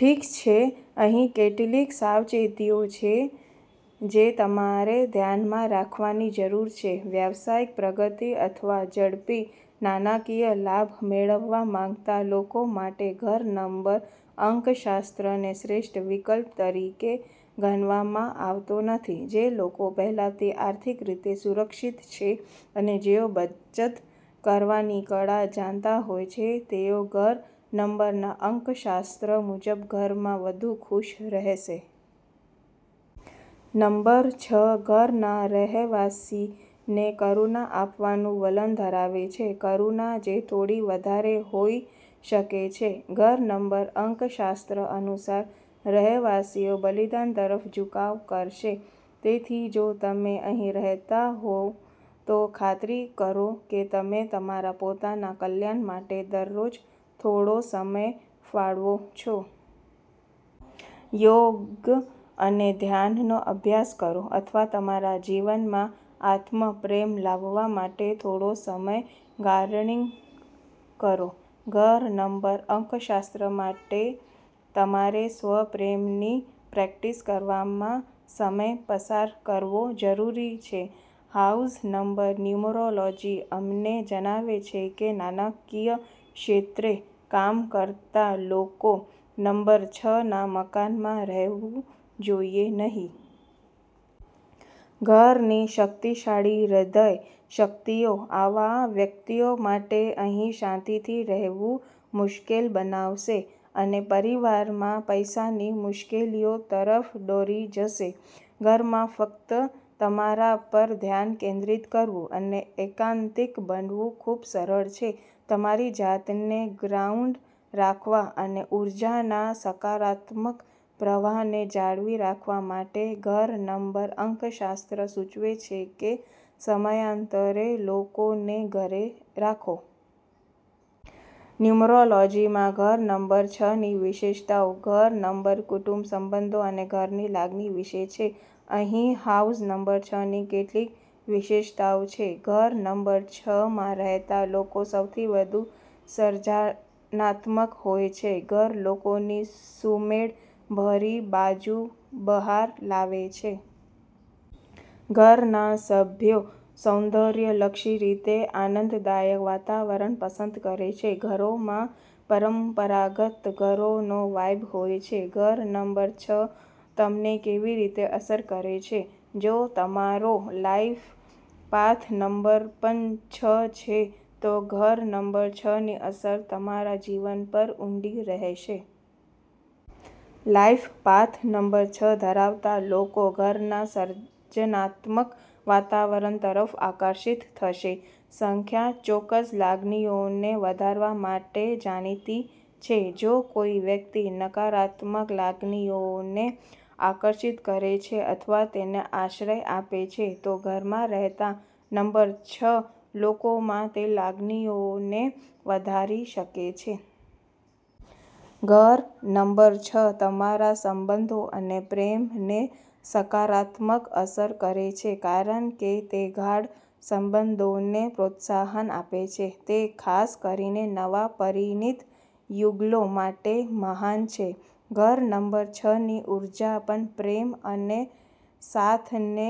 ઠીક છે, અહીં કેટલીક સાવચેતીઓ છે જે તમારે ધ્યાનમાં રાખવાની જરૂર છે. વ્યવસાયિક પ્રગતિ અથવા ઝડપી નાણાકીય લાભ મેળવવા માંગતા લોકો માટે ઘર નંબર અંકશાસ્ત્રને શ્રેષ્ઠ વિકલ્પ તરીકે ગણવામાં આવતો નથી. જે લોકો પહેલાથી આર્થિક રીતે સુરક્ષિત છે અને જેઓ બચત કરવાની કળા જાણતા હોય છે, તેઓ ઘર નંબરના અંકશાસ્ત્ર મુજબ ઘરમાં વધુ ખુશ રહેશે. નંબર છ ઘરના રહેવાસીને કરુણા આપવાનું વલણ ધરાવે છે, કરુણા જે થોડી વધારે હોઈ શકે છે. ઘર નંબર અંકશાસ્ત્ર અનુસાર, રહેવાસીઓ બલિદાન તરફ ઝુકાવ કરશે. તેથી જો તમે અહીં રહેતા હોવ, તો ખાતરી કરો કે તમે તમારા પોતાના કલ્યાણ માટે દરરોજ થોડો સમય ફાળવો છો. યોગ અને ધ્યાનનો અભ્યાસ કરો અથવા તમારા જીવનમાં આત્મ-પ્રેમ લાવવા માટે થોડો સમય ગાર્ડનિંગ કરો. ઘર નંબર અંકશાસ્ત્ર માટે તમારે સ્વ-પ્રેમની પ્રેક્ટિસ કરવામાં સમય પસાર કરવો જરૂરી છે. હાઉસ નંબર ન્યુમેરોલોજી અમને જણાવે છે કે નાણાંકીય ક્ષેત્રે કામ કરતા લોકો નંબર છના મકાનમાં રહેવું જોઈએ નહીં. ઘરની શક્તિશાળી હ્રદય શક્તિઓ આવા વ્યક્તિઓ માટે અહીં શાંતિથી રહેવું મુશ્કેલ બનાવશે, અને પરિવારમાં પૈસાની મુશ્કેલીઓ તરફ દોરી જશે. ઘરમાં ફક્ત તમારા પર ધ્યાન કેન્દ્રિત કરવું અને એકાંતિક બનવું ખૂબ સરળ છે. તમારી જાતને ગ્રાઉન્ડ રાખવા અને ઉર્જાના સકારાત્મક પ્રવાહને જાળવી રાખવા માટે, ઘર નંબર અંકશાસ્ત્ર સૂચવે છે કે સમયાંતરે લોકોને ઘરે રાખો. ન્યુમેરોલોજીમાં ઘર નંબર છની વિશેષતાઓ. ઘર નંબર કુટુંબ, સંબંધો અને ઘરની લાગણી વિશે છે. અહીં હાઉસ નંબર છની કેટલીક વિશેષતાઓ છે. ઘર નંબર છમાં રહેતા લોકો સૌથી વધુ સર્જનાત્મક હોય છે. ઘર લોકોની સુમેળભરી બાજુ બહાર લાવે છે. ઘરના સભ્યો સૌંદર્યલક્ષી રીતે આનંદદાયક વાતાવરણ પસંદ કરે છે. ઘરોમાં પરંપરાગત ઘરોનો વાઇબ હોય છે. ઘર નંબર છ તમને કેવી રીતે અસર કરે છે? જો તમારો લાઈફ પાથ નંબર પણ છ છે તો ઘર નંબર છની અસર તમારા જીવન પર ઊંડી રહેશે. લાઈફ પાથ નંબર છ ધરાવતા લોકો ઘરના સર્જનાત્મક વાતાવરણ તરફ આકર્ષિત થશે. સંખ્યા ચોક્કસ લાગણીઓને વધારવા માટે જાણીતી છે. જો કોઈ વ્યક્તિ નકારાત્મક લાગણીઓને આકર્ષિત કરે છે અથવા તેને આશ્રય આપે છે, તો ઘરમાં રહેતા, નંબર છ લોકોમાં તે લાગણીઓને વધારી શકે છે. ઘર નંબર છ તમારા સંબંધો અને પ્રેમને સકારાત્મક અસર કરે છે, કારણ કે તે ગાઢ સંબંધોને પ્રોત્સાહન આપે છે. તે ખાસ કરીને નવા પરિણીત યુગલો માટે મહાન છે. ઘર નંબર છની ઉર્જા પણ પ્રેમ અને સાથને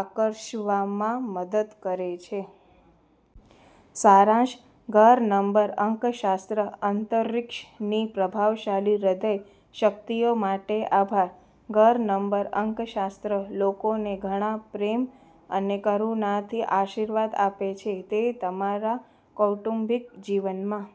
આકર્ષવામાં મદદ કરે છે. સારાંશ. ઘર નંબર અંકશાસ્ત્ર અંતરિક્ષની પ્રભાવશાળી હૃદય શક્તિઓ માટે આભાર, ઘર નંબર અંકશાસ્ત્ર લોકોને ઘણા પ્રેમ અને કરુણાથી આશીર્વાદ આપે છે. તે તમારા કૌટુંબિક જીવનમાં